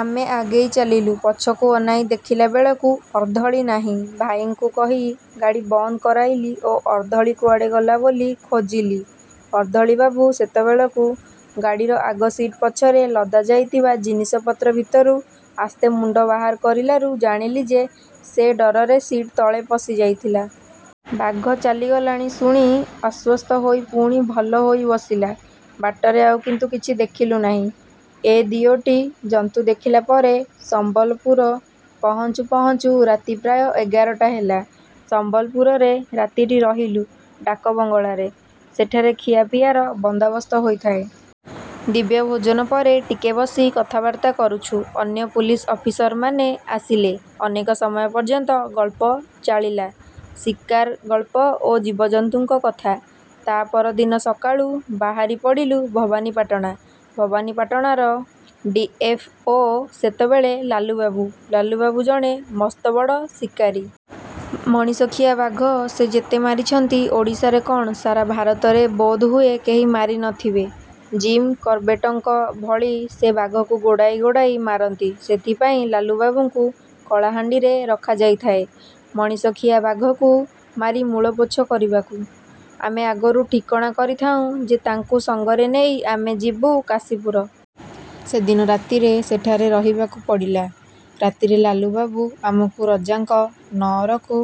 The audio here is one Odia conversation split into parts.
ଆମେ ଆଗେଇ ଚାଲିଲୁ। ପଛକୁ ଅନାଇ ଦେଖିଲା ବେଳକୁ ଅର୍ଦ୍ଦଳି ନାହିଁ। ଭାଇଙ୍କୁ କହି ଗାଡ଼ି ବନ୍ଦ କରାଇଲି ଓ ଅର୍ଦ୍ଦଳି କୁଆଡ଼େ ଗଲା ବୋଲି ଖୋଜିଲି। ଅର୍ଦ୍ଦଳିବାବୁ ସେତେବେଳକୁ ଗାଡ଼ିର ଆଗ ସିଟ୍ ପଛରେ ଲଦା ଯାଇଥିବା ଜିନିଷପତ୍ର ଭିତରୁ ଆସ୍ତେ ମୁଣ୍ଡ ବାହାର କରିଲାରୁ ଜାଣିଲି ଯେ ସେ ଡରରେ ସିଟ୍ ତଳେ ପଶିଯାଇଥିଲା। ବାଘ ଚାଲିଗଲାଣି ଶୁଣି ଆଶ୍ୱସ୍ତ ହୋଇ ପୁଣି ଭଲ ହୋଇ ବସିଲା। ବାଟରେ ଆଉ କିନ୍ତୁ କିଛି ଦେଖିଲୁ ନାହିଁ। ଏ ଦିଓଟି ଜନ୍ତୁ ଦେଖିଲା ପରେ ସମ୍ୱଲପୁର ପହଞ୍ଚୁ ପହଞ୍ଚୁ ରାତି ପ୍ରାୟ ଏଗାରଟା ହେଲା। ସମ୍ୱଲପୁରରେ ରାତିଟି ରହିଲୁ ଡାକବଙ୍ଗଳାରେ। ସେଠାରେ ଖିଆପିଆର ବନ୍ଦାବସ୍ତ ହୋଇଥାଏ। ଦିବ୍ୟ ଭୋଜନ ପରେ ଟିକେ ବସି କଥାବାର୍ତ୍ତା କରୁଛୁ ଅନ୍ୟ ପୁଲିସ ଅଫିସରମାନେ ଆସିଲେ। ଅନେକ ସମୟ ପର୍ଯ୍ୟନ୍ତ ଗଳ୍ପ ଚାଳିଲା-ଶିକାର ଗଳ୍ପ ଓ ଜୀବଜନ୍ତୁଙ୍କ କଥା। ତା' ପରଦିନ ସକାଳୁ ବାହାରି ପଡ଼ିଲୁ ଭବାନୀପାଟଣା। ଭବାନୀପାଟଣାର ଡ଼ି. ଏଫ. ଓ. ସେତେବେଳେ ଲାଲୁବାବୁ। ଲାଲୁବାବୁ ଜଣେ ମସ୍ତବଡ଼ ଶିକାରୀ। ମଣିଷଖିଆ ବାଘ ସେ ଯେତେ ମାରିଛନ୍ତି ଓଡ଼ିଶାରେ କ'ଣ ସାରା ଭାରତରେ ବୋଧହୁଏ କେହି ମାରି ନ ଥିବେ। ଜିମ୍ କରବେଟଙ୍କ ଭଳି ସେ ବାଘକୁ ଗୋଡ଼ାଇ ଗୋଡ଼ାଇ ମାରନ୍ତି। ସେଥିପାଇଁ ଲାଲୁବାବୁଙ୍କୁ କଳାହାଣ୍ଡିରେ ରଖାଯାଇଥାଏ-ମଣିଷଖିଆ ବାଘଙ୍କୁ ମାରି ମୂଳପୋଛ କରିବାକୁ। ଆମେ ଆଗରୁ ଠିକଣା କରିଥାଉଁ ଯେ ତାଙ୍କୁ ସଙ୍ଗରେ ନେଇ ଆମେ ଯିବୁ କାଶୀପୁର। ସେଦିନ ରାତିରେ ସେଠାରେ ରହିବାକୁ ପଡ଼ିଲା। ରାତିରେ ଲାଲୁବାବୁ ଆମକୁ ରଜାଙ୍କ ନଅରକୁ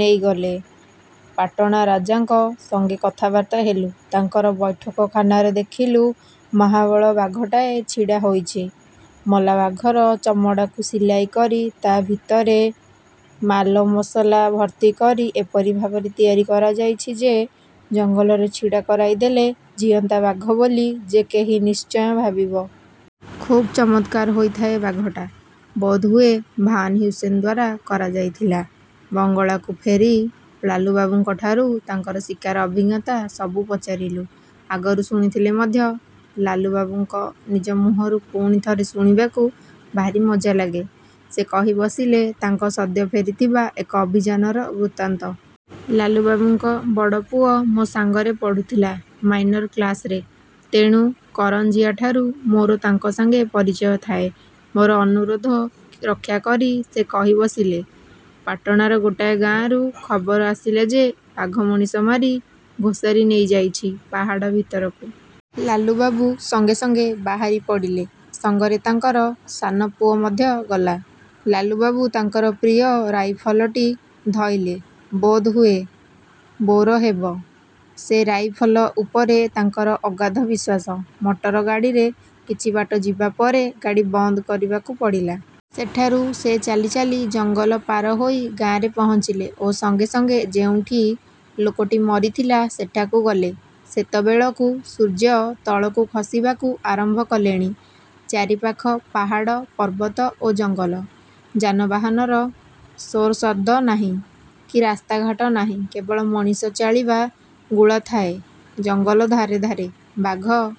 ନେଇଗଲେ। ପାଟଣା ରାଜାଙ୍କ ସଙ୍ଗେ କଥାବାର୍ତ୍ତା ହେଲୁ। ତାଙ୍କର ବୈଠକଖାନାରେ ଦେଖିଲୁ ମହାବଳ ବାଘଟାଏ ଛିଡ଼ା ହୋଇଛି। ମଲା ବାଘର ଚମଡ଼ାକୁ ସିଲାଇ କରି ତା' ଭିତରେ ମାଲମସଲା ଭର୍ତ୍ତି କରି ଏପରି ଭାବରେ ତିଆରି କରାଯାଇଛି ଯେ ଜଙ୍ଗଲରେ ଛିଡ଼ା କରାଇ ଦେଲେ ଜୀଅନ୍ତା ବାଘ ବୋଲି ଯେ କେହି ନିଶ୍ଚୟ ଭାବିବ। ଖୁବ୍ ଚମତ୍କାର ହୋଇଥାଏ ବାଘଟା। ବୋଧହୁଏ ଭାନ୍ ହ୍ୟୁସେନ ଦ୍ୱାରା କରାଯାଇଥିଲା। ବଙ୍ଗଳାକୁ ଫେରି ଳାଲୁବାବୁଙ୍କଠାରୁ ତାଙ୍କର ଶିକାର ଅଭିଜ୍ଞତା ସବୁ ପଚାରିଲୁ। ଆଗରୁ ଶୁଣିଥିଲେ ମଧ୍ୟ ଲାଲୁବାବୁଙ୍କ ନିଜ ମୁହଁରୁ ପୁଣି ଥରେ ଶୁଣିବାକୁ ଭାରି ମଜା ଲାଗେ। ସେ କହି ବସିଲେ, ତାଙ୍କ ସଦ୍ୟ ଫେରିଥିବା ଏକ ଅଭିଯାନର ବୃତ୍ତାନ୍ତ। ଲାଲୁବାବୁଙ୍କ ବଡ଼ ପୁଅ ମୋ ସାଙ୍ଗରେ ପଢ଼ୁଥିଲା-ମାଇନର କ୍ଲାସରେ। ତେଣୁ କରଂଜିଆଠାରୁ ମୋର ତାଙ୍କ ସଙ୍ଗେ ପରିଚୟ ଥାଏ। ମୋର ଅନୁରୋଧ ରକ୍ଷାକରି ସେ କହି ବସିଲେ- ପାଟଣାର ଗୋଟାଏ ଗାଁରୁ ଖବର ଆସିଲା ଯେ ବାଘ ମଣିଷ ମାରି ଘୋଷାରି ନେଇଯାଇଛି ପାହାଡ଼ ଭିତରକୁ। ଲାଲୁବାବୁ ସଙ୍ଗେ ସଙ୍ଗେ ବାହାରି ପଡ଼ିଲେ। ସଙ୍ଗରେ ତାଙ୍କର ସାନ ପୁଅ ମଧ୍ୟ ଗଲା। ଲାଲୁବାବୁ ତାଙ୍କର ପ୍ରିୟ ରାଇଫଲଟି ଧଇଲେ-ବୋଧହୁଏ. ବୋର ହେବ। ସେ ରାଇଫଲ ଉପରେ ତାଙ୍କର ଅଗାଧ ବିଶ୍ୱାସ। ମଟର ଗାଡ଼ିରେ କିଛି ବାଟ ଯିବା ପରେ ଗାଡ଼ି ବନ୍ଦ କରିବାକୁ ପଡ଼ିଲା। ସେଠାରୁ ସେ ଚାଲି ଚାଲି ଜଙ୍ଗଲ ପାର ହୋଇ ଗାଁରେ ପହଞ୍ଚିଲେ ଓ ସଙ୍ଗେ ସଙ୍ଗେ ଯେଉଁଠି ଲୋକଟି ମରିଥିଲା ସେଠାକୁ ଗଲେ। ସେତେବେଳକୁ ସୂର୍ଯ୍ୟ ତଳକୁ ଖସିବାକୁ ଆରମ୍ଭ କଲେଣି। ଚାରିପାଖ ପାହାଡ଼ ପର୍ବତ ଓ ଜଙ୍ଗଲ। ଯାନବାହାନର ସୋରଶବ୍ଦ ନାହିଁ କି ରାସ୍ତାଘାଟ ନାହିଁ।। କେବଳ ମଣିଷ ଚାଳିବା ଗୁଳା ଥାଏ ଜଙ୍ଗଲ ଧାରେ ଧାରେ। ବାଘ